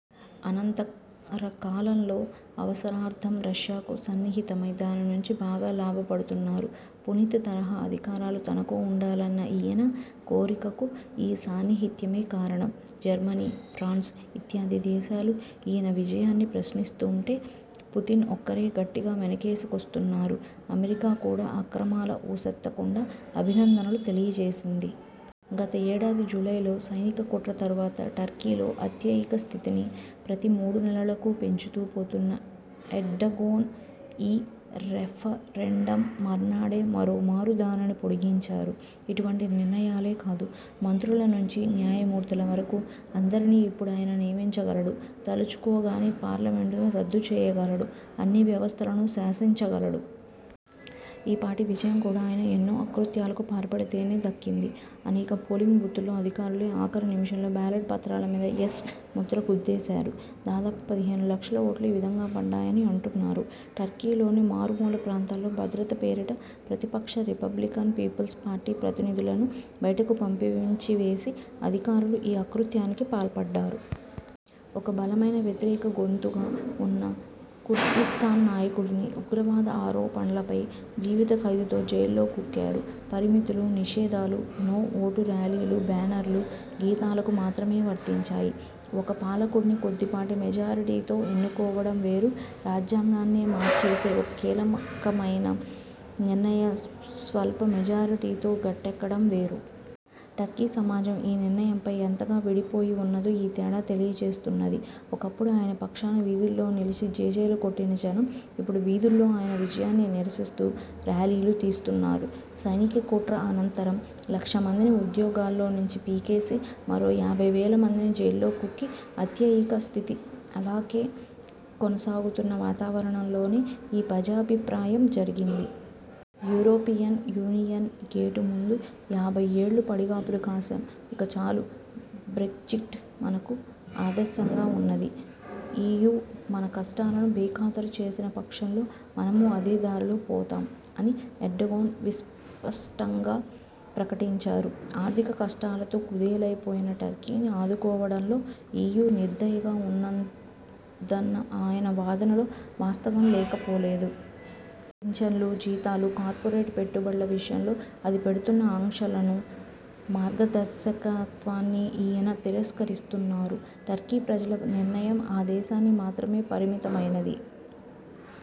అనంతరకాలంలో అవసరార్థం రష్యాకు సన్నిహితమై, దానినుంచి బాగా లాభపడుతున్నారు. పుతిన్ తరహా అధికారాలు తనకూ ఉండాలన్న ఈయన కోరికకు ఈ సాన్నిహిత్యమే కారణం. జర్మనీ, ఫ్రాన్స్ ఇత్యాది దేశాలు ఈయన విజయాన్ని ప్రశ్నిస్తూంటే పుతిన్ ఒక్కరే గట్టిగా వెనకేసుకొస్తున్నారు. అమెరికా కూడా అక్రమాల ఊసెత్తకుండా అభినందనలు తెలియచేసింది. గత ఏడాది జులైలో సైనిక కుట్ర తరువాత టర్కీలో అత్యయిక స్థితిని ప్రతి మూడునెలలకూ పెంచుతూ పోతున్న ఎర్డగోన్ ఈ రెఫరెండమ్ మర్నాడే మరోమారు దానిని పొడిగించారు. ఇటువంటి నిర్ణయాలే కాదు, మంత్రులనుంచి న్యాయమూర్తుల వరకూ అందరినీ ఇప్పుడాయన నియమించగలడు, తలుచుకోగానే పార్లమెంటును రద్దుచేయగలడు, అన్ని వ్యవస్థలనూ శాసించగలడు. ఈ పాటి విజయం కూడా ఆయన ఎన్నో అకృత్యాలకు పాల్పడితేనే దక్కింది. అనేక పోలింగ్ బూతుల్లో అధికారులే ఆఖరు నిముషంలో బ్యాలెట్ పత్రాలమీద 'యస్' ముద్ర గుద్దేశారు. దాదాపు పదిహేను లక్షల ఓట్లు ఈ విధంగా పడ్డాయని అంటున్నారు. టర్కీలోని మారుమూల ప్రాంతాల్లో భద్రత పేరిట ప్రతిపక్ష రిపబ్లికన్ పీపుల్స్ పార్టీ ప్రతినిధులను బయటకు పంపించివేసి అధికారులు ఈ అకృత్యానికి పాల్పడ్డారు. ఒక బలమైన వ్యతిరేక గొంతుగా ఉన్న కుర్దిస్తాన్ నాయకుడిని ఉగ్రవాద ఆరోపణలపై జీవితఖైదుతో జైల్లో కుక్కారు. పరిమితులూ నిషేధాలు 'నో' ఓటు ర్యాలీలు బ్యానర్లు, గీతాలకు మాత్రమే వర్తించాయి. ఒక పాలకుడిని కొద్దిపాటి మెజారిటీతో ఎన్నుకోవడం వేరు, రాజ్యాంగాన్నే మార్చేసే ఒక కీలకమైన నిర్ణయం స్వల్పమెజారిటీతో గట్టెక్కడం వేరు. టర్కీ సమాజం ఈ నిర్ణయంపై ఎంతగా విడిపోయివున్నదో ఈ తేడా తెలియచేస్తున్నది. ఒకప్పుడు ఆయన పక్షాన నిలిచి జేజేలు కొట్టిన జనం ఇప్పుడు వీధుల్లో ఆయన విజయాన్ని నిరసిస్తూ ర్యాలీలు తీస్తున్నారు. సైనికకుట్ర అనంతరం లక్షమందిని ఉద్యోగాల్లో నుంచి పీకేసి, మరో యాభైవేల మందిని జైల్లో కుక్కి, అత్యయిక స్థితి అలాగే కొనసాగుతున్న వాతావరణంలోనే ఈ ప్రజాభిప్రాయం జరిగింది. 'యూరోపియన్ యూనియన్ గేటు ముందు యాభైయ్యేళ్ళు పడిగాపులు కాశాం. ఇకచాలు, బ్రెగ్జిట్ మనకు ఆదర్శంగా ఉన్నది. ఈయూ మన కష్టాలను బేఖాతరు చేసిన పక్షంలో మనమూ అదేదారిలో పోతాం' అని ఎర్డగోన్ విస్పష్టంగా ప్రకటించారు. ఆర్థిక కష్టాలతో కుదేలైపోయిన టర్కీని ఆదుకోవడంలో ఈయూ నిర్దయగా ఉన్నదన్న ఆయన వాదనలో వాస్తవం లేకపోలేదు. పింఛన్లు, జీతాలు, కార్పొరేట్ పెట్టుబడుల విషయంలో అది పెడుతున్న ఆంక్షలనూ, మార్గదర్శకత్వాన్నీ ఈయన తిరస్కరిస్తున్నారు. టర్కీ ప్రజల నిర్ణయం ఆ దేశాన్ని మాత్రమే పరిమితమైనది